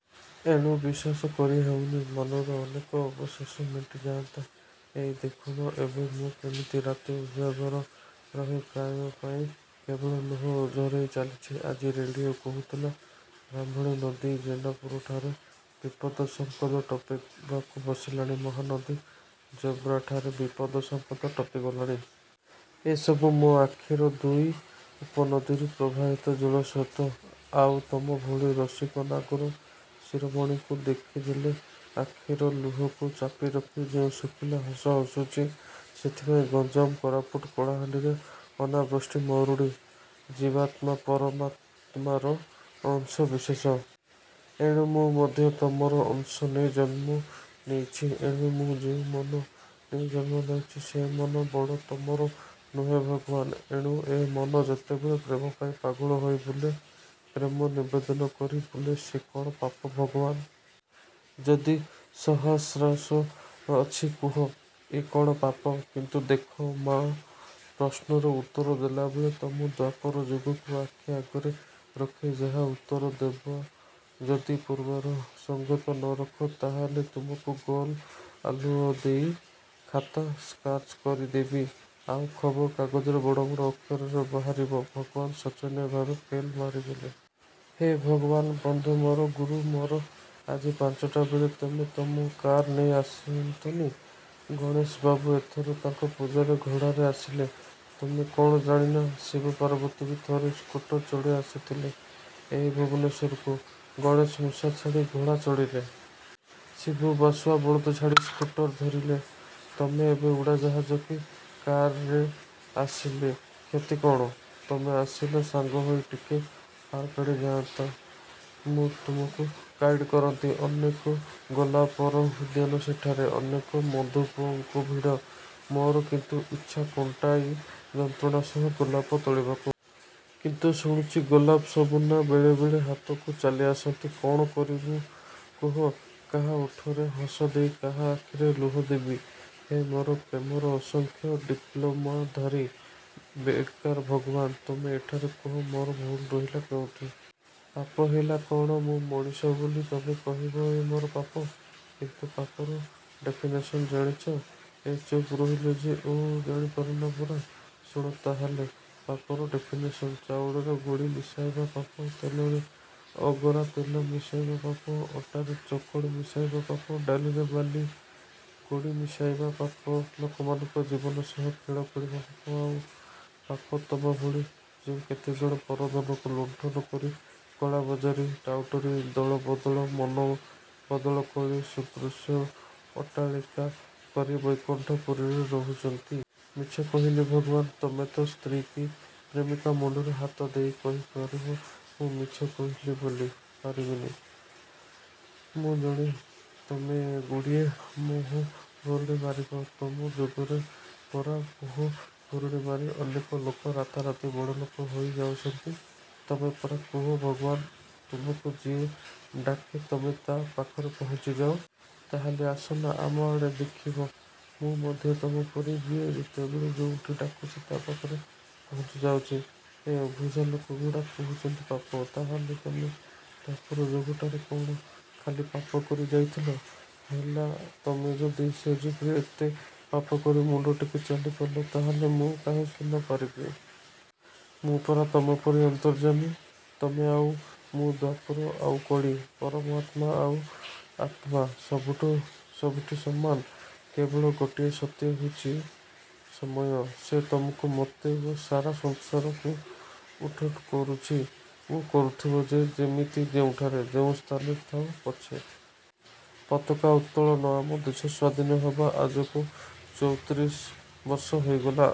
ଏଣୁ ବିଶ୍ୱାସକରି ହେଉନି। ମନରୁ ଅନେକ ଅବଶୋଷ ମେଣ୍ଟିଯାଆନ୍ତା। ଏଇ ଦେଖୁନା, ଏବେ ମୁଁ କିମିତି ରାତି ଉଜାଗର ରହି ପ୍ରିୟା ପାଇଁ କେବଳ ଲୁହ ଝରେଇ ଚାଲିଛି। ଆଜି ରେଡ଼ିଓ କହୁଥିଲା–ବ୍ରାହ୍ମଣୀ ନଦୀ ଜେନାପୁରଠାରେ ବିପଦ ସଂକେତ ଟପିବାକୁ ବସିଲାଣି। ମହାନଦୀ ଯୋବ୍ରାଠାରେ ବିପଦ ସଂକେତ ଟପିଗଲାଣି। ଏ ସବୁ ମୋ' ଆଖିର ଦୁଇ ଉପନଦୀରୁ ପ୍ରବାହିତ ଜଳସ୍ରୋତ। ଆଉ ତମ ଭଳି ରସିକ ନାଗର ଶିରୋମଣୀଙ୍କୁ ଦେଖିଦେଲେ ଆଖିର ଲୁହକୁ ଚାପିରଖି ଯେଉଁ ଶୁଖିଲା ହସ ହସୁଛି ସେଥିପାଇଁ ଗଞ୍ଜାମ, କୋରାପୁଟ, କଳାହାଣ୍ଡିରେ ଅନାବୃଷ୍ଟି, ମରୁଡ଼ି। ଜୀବାତ୍ମା ପରା ପରାମାତ୍ମାର ଅଂଶ ବିଶେଷ। ଏଣୁ ମୁଁ ମଧ୍ୟ ତମର ଅଂଶ ନେଇ ଜନ୍ମ ନେଇଛି। ଏଣୁ ମୁଁ ଯେଉଁ ମନ ନେଇ ଜନ୍ମ ନେଇଛି ସେ ମନ ବଡ଼ ତମର ନୁହେଁ ଭଗବାନ? ଏଣୁ ଏ ମନ ଯେତେବେଳେ ପ୍ରେମପାଇଁ ପାଗଳ ହୋଇ ବୁଲେ, ପ୍ରେମ ନିବେଦନ କରି ବୁଲେ ସେ କ'ଣ ପାପ ଭଗବାନ? ଯଦି ସତ୍ସାହସ ଅଛି କୁହ–ଏ କ'ଣ ପାପ? କିନ୍ତୁ ଦେଖ, ମୋ' ପ୍ରଶ୍ନର ଉତ୍ତର ଦେଲାବେଳେ ତମ ଦ୍ୱାପର ଯୁଗକୁ ଆଖି ଆଗରେ ରଖି ଯାହା ଉତ୍ତର ଦେବ। ଯଦି ପୂର୍ବାପର ସଂଗତ ନ ରଖ ତା'ହେଲେ ତମକୁ ଗୋଲ୍ ଆଳୁଦେଇ ଖାତା ସ୍କାର୍ଚ୍ କରିଦେବି; ଆଉ ଖବରକାଗଜରେ ବଡ଼ ବଡ଼ ଅକ୍ଷରରେ ବାହାରିବ–ଭଗବାନ ଶୋଚନୀୟ ଭାବେ ଫେଲ୍ ମାରିଗଲେ। ହେ ଭଗବାନ୍! ବନ୍ଧୁ ମୋର, ଗୁରୁ ମୋର! ଆଜି ପାଞ୍ଚଟାବେଳେ ତମେ ତମ କାର୍ ନେଇ ଆସନ୍ତନି। ଗଣେଶବାବୁ ଏଥର ତାଙ୍କ ପୂଜାରେ ଘୋଡ଼ାରେ ଆସିଲେ। ତମେ କ'ଣ ଜାଣିନା? ଶିବ–ପାର୍ବତୀ ବି ଥରେ ସ୍କୁଟର ଚଢ଼ି ଆସିଥିଲେ ଏଇ ଭୁବନେଶ୍ୱରକୁ। ଗଣେଶ ମୂଷା ଛାଡ଼ି ଘୋଡ଼ା ଚଢ଼ିଲେ। ଶିବ ବାସୁଆବଳଦ ଛାଡ଼ି ସ୍କୁଟର ଧରିଲେ। ତମେ ଏବେ ଉଡ଼ାଜାହାଜ କି କାର୍ରେ ଆସିଲେ କ୍ଷତି କ'ଣ? ତମେ ଆସିଲେ ସାଙ୍ଗହୋଇ ଟିକେ ପାର୍କଆଡ଼େ ଯାଆନ୍ତେ। ମୁଁ ତମକୁ ଗାଇଡ଼୍ କରନ୍ତି। ଅନେକ ଗୋଲାପର ଉଦ୍ୟାନ ସେଠାରେ। ଅନେକ ମଧୁପଙ୍କ ଭିଡ଼। ମୋର କିନ୍ତୁ ଇଚ୍ଛା, କଣ୍ଟାଇ ଯନ୍ତ୍ରଣା ସହ ଗୋଲାପ ତୋଳିବାକୁ। କିନ୍ତୁ ଶୁଣୁଛି ଗୋଲାପ ସବୁ ନା ବେଳେବଳେ ହାତକୁ ଚାଲିଆସନ୍ତି। କ'ଣ କରିବ କୁହ? କାହା ଓଠରେ ହସ ଦେଇ କାହା ଆଖିରେ ଲୁହ ଦେବି? ହେ ମୋର ପ୍ରେମର ଅସଂଖ୍ୟ ଡିପ୍ଳୋମାଧାରୀ ବେକାର ଭଗବାନ୍! ତମେ ଏଠାରେ କୁହ ମୋର ଭୁଲ୍ ରହିଲା କେଉଁଠି? ପାପ ହେଲା କ'ଣ? ମୁଁ ମଣିଷ ବୋଲି ତମେ କହିବ ଏ ମୋର ପାପ। କିନ୍ତୁ ପାପର ଡେଫିନେସନ୍ ଜାଣିଛ-? ଏଁ ଚୁପ୍ ରହିଲ ଯେ? ଓଃ ଜାଣିନ ପରା! ଶୁଣ ତା'ହେଲେ ପାପର ଡେଫିନେସନ–ଚାଉଳରେ ଗୋଡ଼ି ମିଶାଇବା ପାପ, ତେଲରେ ଅଗରାତେଲ ମିଶାଇବା ପାପ, ଅଟାରେ ଚୋକଡ଼ ମିଶାଇବା ପାପ, ଡାଲିରେ ବାଲି, ଗୋଡ଼ି ମିଶାଇବା ପାପ, ଲୋକମାନଙ୍କ ଜୀବନ ସହ ଖେଳ ଖେଳିବା ପାପ, ଆଉ ପାପ ତମଭଳି ଯେଉଁ କେତେଜଣ ପରଧନକୁ ଲୁଣ୍ଠନ କରି କଳାବଜାରୀ, ଟାଉଟରୀ, ଦଳବଦଳ, ମନ ବଦଳ କରି ସୁଦୃଶ୍ୟ ଅଟ୍ଟାଳିକା କରି ବୈକୁଣ୍ଠପୁରୀରେ ରହୁଛନ୍ତି। ମିଛ କହିଲି ଭଗବାନ? ତମେ ତମ ସ୍ତ୍ରୀ କି ପ୍ରେମିକା ମୁଣ୍ତରେ ହାତଦେଇ କହିପାରିବ ମୁଁ ମିଛ କହିଲି ବୋଲି? ପାରିବନି। ମୁଁ ଜାଣେ ତମେ ଗୁଡ଼ିଏ ମୁହଁଭୁରୁଡ଼ି ମାରିବ। ତମ ଯୁଗରେ ପରା ମୁହଁ ଭୁରୁଡ଼ିମାରି ଅନେକ ଲୋକ ରାତାରାତି ବଡ଼ଲୋକ ହୋଇଯାଉଛନ୍ତି! ତମେ ପରା କୁହ ଭଗବାନ–ତମକୁ ଯିଏ ଡାକେ ତମେ ତା' ପାଖରେ ପହଞ୍ଚି ଯାଅ। ତା'ହେଲେ ଆସନା ଆମଆଡ଼େ, ଦେଖିବ–ମୁଁ ମଧ୍ୟ ତମପରି ଯିଏ ଯେତେବେଳେ ଯେଉଁଠିକୁ ଡାକୁଛି ତା' ପାଖରେ ପହଞ୍ଚିଯାଉଛି। ଏ ଅବୁଝା ଲୋକଗୁଡ଼ାକ କହୁଛନ୍ତି ପାପ। ତା'ହେଲେ ତମେ ଦ୍ଵାପର ଯୁଗଟାରେ କ'ଣ ଖାଲି ପାପକରି ଯାଇଥିଲ? ହେଲା ତମେ ଯଦି ସେ ଯୁଗରେ ଏତେ ପାପକରି ମୁଣ୍ତଟେକି ଚାଲିପାରିଲ, ତା'ହେଲେ ମୁଁ କାହିଁକି ନପାରିବ? ମୁଁ ପରା ତମପରି ଅନ୍ତର୍ଯ୍ୟାମୀ। ତମେ ଆଉ ମୁଁ–ଦ୍ୱାପର ଆଉ କଳି–ପରମାତ୍ମା ଆଉ ଆତ୍ମା–ସବୁଠିଁ ସମାନ। କେବଳ ଗୋଟିଏ ସତ୍ୟ ହେଉଛି ସମୟ। ସେ ତମକୁ ମୋତେ ଓ ସାରା ସଂସାରକୁ ଉଠ୍ପଡ଼ କରୁଛି ଓ କରୁଥିବ ଯେ ଯେମିତି ଯେଉଁଠାରେ। ଯେଉଁ ସ୍ଥାନରେ ଥାଉ ପଛେ। ପତାକା ଉତ୍ତୋଳନ ଆମ ଦେଶ ସ୍ଵାଧୀନ ହେବା ଆଜକୁ ଚଉତ୍ରିଶ ବର୍ଷ ହୋଇଗଲା।